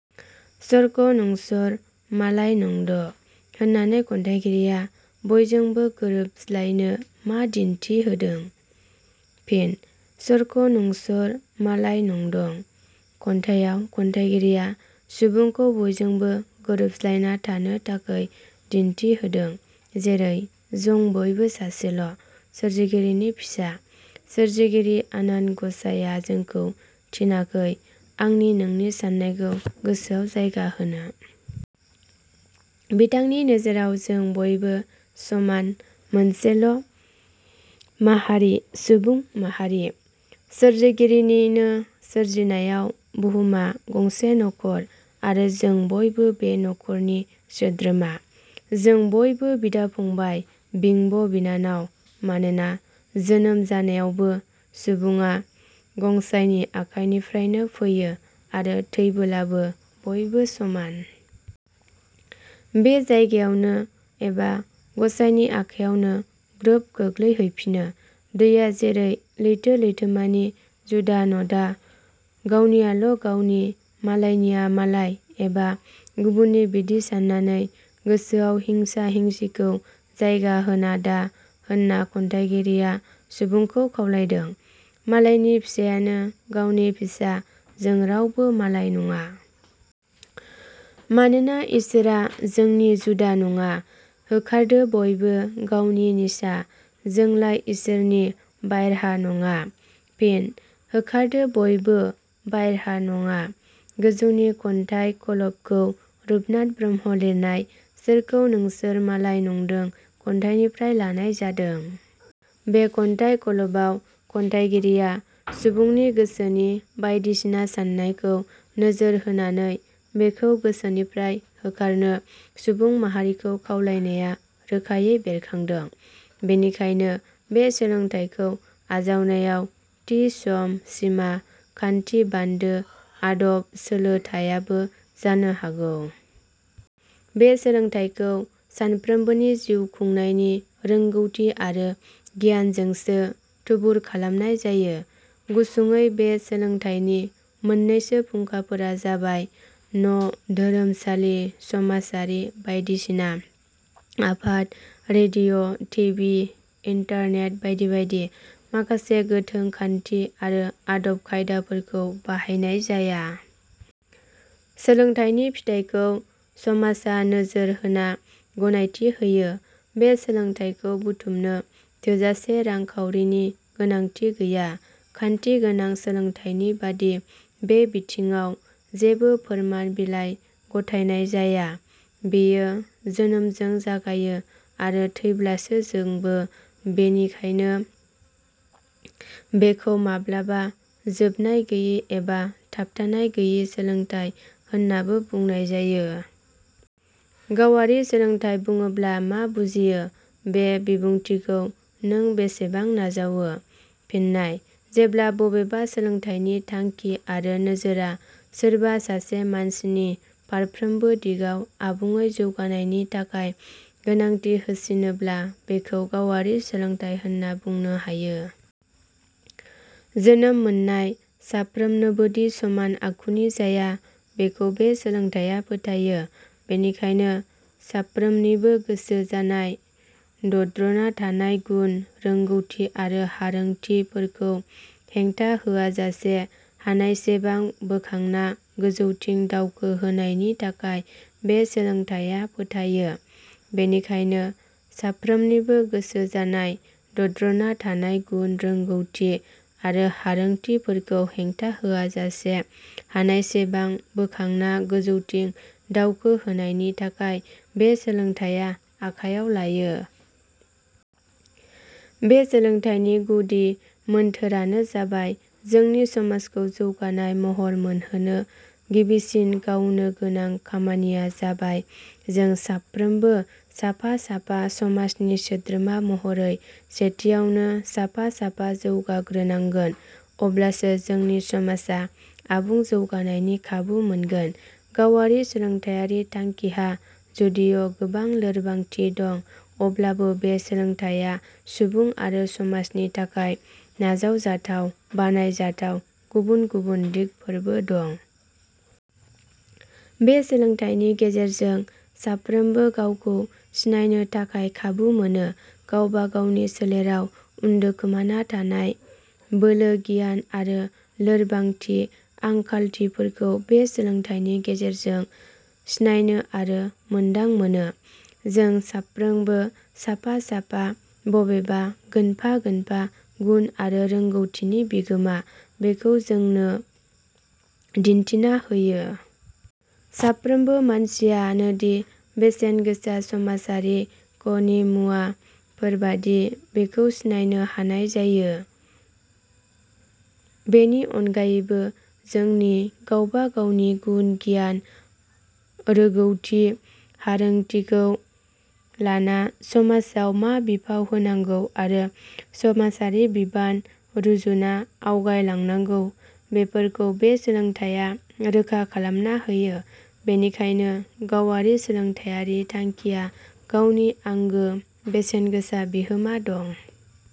सरखौ नंसर मालाय नंद" होन्नानै खन्थाइगिरिया बयजोंबो गोरोबज्लायनो मा दिन्थि होदों? फिन: "सरखौ नंसोर मालाय नंदं" खन्थाइयाव खन्थाइगिरिया सुबुंखौ बयजोंबो गोरोबज्लायना थानो थाखै दिन्थि होदों। जेरै- जों बयबो सासेल' सोरजिगिरिनि फिसा। सोरजिगिरि आनान ग 'साइआ जोंखौ थिनाखै आंनि नोंनि सान्नायखौ गोसोआव जायगा होनो। बिथांनि नोजोराव जों बयबो समान मोनसेल' माहारि-सुबुं माहारि। सोरजिगिरिनिनो सोरजिनायाव बुहुमा गंसे नख'र आरो जों बयबो बे नख 'रनि सोद्रोमा। जों बयबो बिदा-फंबाय, बिंब' बिनानाव। मानोना, जोनोम जानायावबो सुबुंआ गं 'साइनि आखायनिफ्रायनो फैयो आरो थैबोलाबो बयबो समान। बे जायगायावनो एबा ग 'साइनि आखायावनो ग्रोब गोग्लैहैफिनो। दैया जेरै लैथो-लैथोमानि जुदा नडा। गावनियाल' गावनि, मालायनिया मालाय एबा गुबुननि बिदि सान्नानै गोसोआव हिंसा-हिंसिखौ जायगा होनाडा होन्ना खन्थाइगिरिया सुबुंखौ खावलायदों। मालायनि फिसायानो गावनि फिसा, जों रावबो मालाय नङा। मानोना इसोरआ जोंनि जुदा नङा। होखारदो बयबो गावनि निसा जोंलाय इसोरनि बाइह्रा नङा। फिन: "होखारदो बयबो……. बाइह्रा नङा। " गोजौनि खन्थाइ खल 'बखौ रुपनाथ ब्रह्म लिरनाय "सोरखौ नोंसोर मालाय नंदों" खन्थाइनिफ्राय लानाय जादों। बे खन्थाइ खल 'बाव खन्थाइगिरिया सुबुंनि गोसोनि बायदिसिना सान्नायखौ नोजोर होन्नानै बेखौ गोसोनिफ्राय होखारनो सुबुं माहारिखौ खावलायनाया रोखायै बेरखांदों। बेनिखायनो बे सोलोंथाइखौ आवजानायाव थि सम -सिमा, खान्थि -बान्दो, आदब – सोलो थायाबो जानो हागौ। बे सोलोंथाइखौ सानफ्रोमबोनि जिउ खुंनायनि रोंगौथि आरो गियानजोंसो थुबुर खालामनाय जायो। गुसुंङै बे सोलोंथाइनि मोननैसो फुंखाफोरा जाबाय न',धोरोमसालि समाजारि बायदिसिना आफाद ,रेडिअ', टिभि, इन्टारनेट बायदि बायदि। माखासे गोथों खान्थि आरो आदब खायदाफोरखौ बाहायनाय जाया। सोलोंथाइनि फिथाइखौ समाजा नोजोर होना गनायथि होयो। बे सोलोंथाइखौ बुथुमनो थोजासे रां खाउरिनि गोनांथि गैया। खान्थिगोनां सोलोंथाइनि बादि बे बिथिंङाव जेबो फोरमान बिलाइ गथायनाय जाया। बेयो जोनोमजों जागायो आरो थैब्लासो जोंबो बेनिखाइनो बेखौ माब्लाबा जोबनाय गैयि एबा थाबथानाय गैयि सोलोंथाइ होननाबो बुंनाय जायो। गावारि सोलोंथाइ बुङोब्ला मा बुजियो? बे बिबुंथिखौ नों बेसेबां नाजावो? फिननाय: जेब्ला बबेबा सोलोंथाइनि थांखि आरो नोजोरा सोरबा सासे मानसिनि फारफ्रोमबो दिगाव आबुंङै जौगानायनि थाखाय गोनांथि होसिनोब्ला, बेखौ गावारि सोलोंथाइ होनना बुंनो हायो। जोनोम मोननाय साफ्रोमनोबोदि समान आखुनि जाया बेखौ बे सोलोंथाइया फोथायो। बेनिखायनो साफ्रोमनिबो गोसो जानाय, दद्र'ना थानाय गुन रोंगौथि आरो हारोंथि फोरखौ हेंथा होयाजासे हानायसेबां बोखांना गोजौथिं दावखो होनायनि थाखाय बे सोलोंथाइया फोथायो। बेनिखायनो साफ्रोमनिबो गोसो जानाय, दद्र'ना थानाय गुन रोंगौथि आरो हारोंथिफोरखौ हेंथा होआ जासे हानायसेबां बोखांना गोजौथिं दावखो होनायनि थाखाय बे सोलोंथाइया आखाइयाव लायो। बे सोलोंथाइनि गुदि मोन्थोरानो जाबाय जोंनि समाजखौ जौगानाय महर मोनहोनो गिबिसिन गावनो गोनां खामानिया जाबाय जों साफ्रोमबो साफा-साफा समाजनि सोद्रोमा महरै सेथियावनो साफा-साफा जौगाग्रोनांगोन, अब्लासो जोंनि समाजा आबुं जौगानायनि खाबु मोनगोन। गावारि सोलोंथायारि थांखिहा जुदिउ गोबां लोरबांथि दं अब्लाबो बे सोलोंथाइया सुबुं आरो समाजनि थाखाय नाजाव जाथाव, बानाय जाथाव गुबुन-गुबुन दिगफोरबो दं। बे सोलोंथाइनि गेजेरजों साफ्रोमबो गावखौ सिनायनो थाखाय खाबु मोनो। गावबा-गावनि सोलेराव उनदुखोमाना थानाय बोलो-गियान आरो लोरबांथि-आंखालथिफोरखौ बे सोलोंथाइनि गेजेरजों सिनायनो आरो मोन्दांमोनो। जों साफ्रोगबो साफा-साफा बबेबा गोनफा- गोनफा गुन आरो रोंगौथिनि बिगोमा बेखौ जोंनो दिन्थिना होयो। साफ्रोमबो मानसिया नोदि बेसेन गोसा समाजारि ख'नि मुवा फोरबादि बेखौ सिनायनो हानाय जायो। बेनि अनगायैबो जोंनि गावबा-गावनि गुन-गियान, रोगौथि- हारोंथिखौ लाना समाजाव मा बिफाव होनांगौ आरो समाजारि बिबान रुजुना आवगायलांनांगौ बेफोरखौ बे सोलोंथाइया रोखा-खालामना होयो। बेनिखायनो गावारि सोलोंथाइयारि थांखिया गावनि आंगो बेसेनगोसा बिहोमा दं।